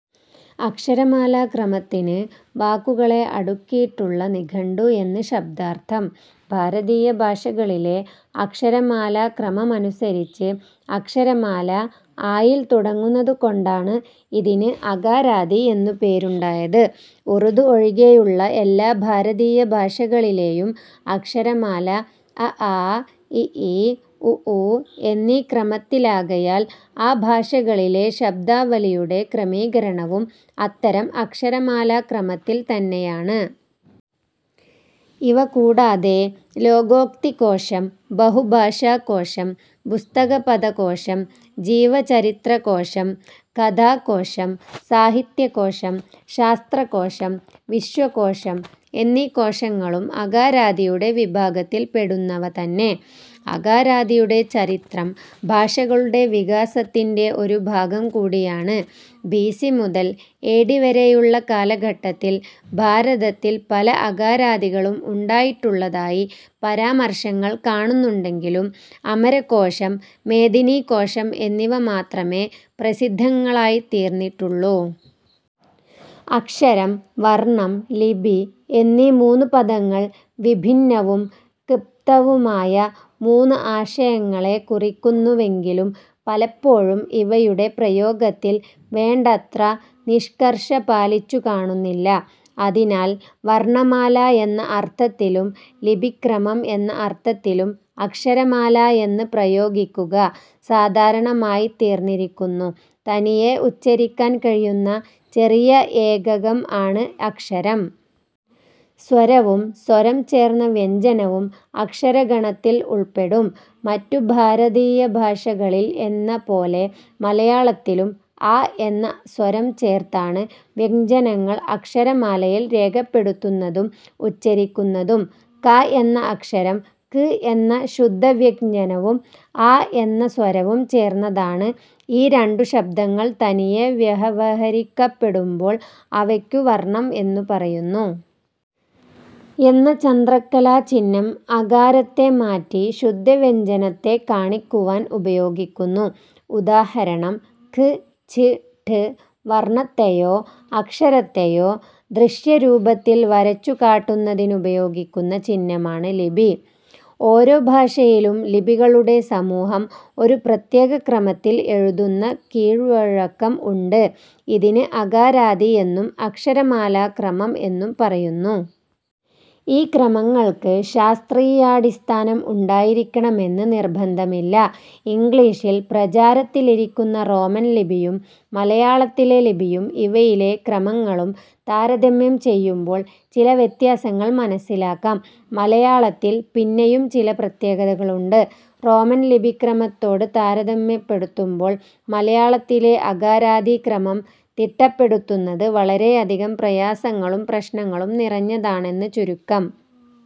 അക്ഷരമാലാക്രമത്തിന് വാക്കുകളെ അടുക്കിയിട്ടുള്ള നിഘണ്ടു എന്ന് ശബ്ദാർഥം. ഭാരതീയ ഭാഷകളിലെ അക്ഷരമാലാക്രമമനുസരിച്ച് അക്ഷരമാല 'അ'യിൽ തുടങ്ങുന്നതുകൊണ്ടാണ് ഇതിന് അകാരാദി എന്നു പേരുണ്ടായത്. ഉർദു ഒഴികെയുള്ള എല്ലാ ഭാരതീയ ഭാഷകളിലെയും അക്ഷരമാല അ, ആ, ഇ, ഈ, ഉ, ഊ എന്നീ ക്രമത്തിലാകയാൽ ആ ഭാഷകളിലെ ശബ്ദാവലിയുടെ ക്രമീകരണവും അത്തരം അക്ഷരമാലാക്രമത്തിൽ തന്നെയാണ്. ഇവ കൂടാതെ ലോകോക്തികോശം, ബഹുഭാഷാകോശം, പുസ്തകപദകോശം, ജീവചരിത്രകോശം, കഥാകോശം, സാഹിത്യകോശം, ശാസ്ത്രകോശം, വിശ്വകോശം എന്നീ കോശങ്ങളും 'അകാരാദി'യുടെ വിഭാഗത്തിൽ പെടുന്നവ തന്നെ. അകാരാദിയുടെ ചരിത്രം ഭാഷകളുടെ വികാസത്തിന്റെ ഒരു ഭാഗംകൂടിയാണ്. ബി. സി. മുതൽ എ. ഡി. വരെയുള്ള കാലഘട്ടത്തിൽ ഭാരതത്തിൽ പല അകാരാദികളും ഉണ്ടായിട്ടുള്ളതായി പരാമർശങ്ങൾ കാണുന്നുണ്ടെങ്കിലും അമരകോശം, മേദിനീകോശം എന്നിവ മാത്രമേ പ്രസിദ്ധങ്ങളായിത്തീർന്നിട്ടുള്ളു. അക്ഷരം, വർണം, ലിപി എന്നീ മൂന്നു പദങ്ങൾ വിഭിന്നവും ക്പ്തവുമായ മൂന്ന് ആശയങ്ങളെ കുറിക്കുന്നുവെങ്കിലും പലപ്പോഴും ഇവയുടെ പ്രയോഗത്തിൽ വേണ്ടത്ര നിഷ്കർഷ പാലിച്ചുകാണുന്നില്ല. അതിനാൽ 'വർണമാല' എന്ന അർത്ഥത്തിലും 'ലിപിക്രമം' എന്ന അർത്ഥത്തിലും 'അക്ഷരമാല' എന്ന് പ്രയോഗിക്കുക സാധാരണമായിത്തീർന്നിരിക്കുന്നു. തനിയെ ഉച്ചരിക്കാൻ കഴിയുന്ന ചെറിയ ഏകകം ആണ് അക്ഷരം. സ്വരവും സ്വരം ചേർന്ന വ്യഞ്ജനവും അക്ഷരഗണത്തിൽ ഉൾപ്പെടും. മറ്റു ഭാരതീയഭാഷകളിൽ എന്നപോലെ മലയാളത്തിലും 'അ' എന്ന സ്വരം ചേർത്താണ് വ്യഞ്ജനങ്ങൾ അക്ഷരമാലയിൽ രേഖപ്പെടുത്തുന്നതും ഉച്ചരിക്കുന്നതും. 'ക' എന്ന അക്ഷരം 'ക്' എന്ന ശുദ്ധവ്യഞ്ജനവും 'അ' എന്ന സ്വരവും ചേർന്നതാണ്. ഈ രണ്ടു ശബ്ദങ്ങൾ തനിയെ വ്യവഹരിക്കപ്പെടുമ്പോൾ അവയ്ക്കു വർണം എന്നു പറയുന്നു. ' എന്ന ചന്ദ്രക്കലാചിഹ്നം അകാരത്തെ മാറ്റി ശുദ്ധവ്യഞ്ജനത്തെ കാണിക്കുവാൻ ഉപയോഗിക്കുന്നു. ഉദാ. ക്, ച്, ട്. വർണത്തെയോ അക്ഷരത്തെയോ ദൃശ്യരൂപത്തിൽ വരച്ചുകാട്ടുന്നതിനുപയോഗിക്കുന്ന ചിഹ്നമാണ് ലിപി. ഓരോ ഭാഷയിലും ലിപികളുടെ സമൂഹം ഒരു പ്രത്യേകക്രമത്തിൽ എഴുതുന്ന കീഴ്വഴക്കം ഉണ്ട്. ഇതിന് അകാരാദി എന്നും അക്ഷരമാലാക്രമം എന്നും പറയുന്നു. ഈ ക്രമങ്ങൾക്ക് ശാസ്ത്രീയാടിസ്ഥാനം ഉണ്ടായിരിക്കണമെന്ന് നിർബന്ധമില്ല. ഇംഗ്ളീഷിൽ പ്രചാരത്തിലിരിക്കുന്ന റോമൻ ലിപിയും മലയാളത്തിലെ ലിപിയും ഇവയിലെ ക്രമങ്ങളും താരതമ്യം ചെയ്യുമ്പോൾ ചില വ്യത്യാസങ്ങൾ മനസ്സിലാക്കാം. മലയാളത്തിൽ പിന്നെയും ചില പ്രത്യേകതകളുണ്ട്: റോമൻ ലിപിക്രമത്തോട് താരതമ്യപ്പെടുത്തുമ്പോൾ മലയാളത്തിലെ അകാരാദി ക്രമം തിട്ടപ്പെടുത്തുന്നത് വളരെയധികം പ്രയാസങ്ങളും പ്രശ്നങ്ങളും നിറഞ്ഞതാണെന്ന് ചുരുക്കം.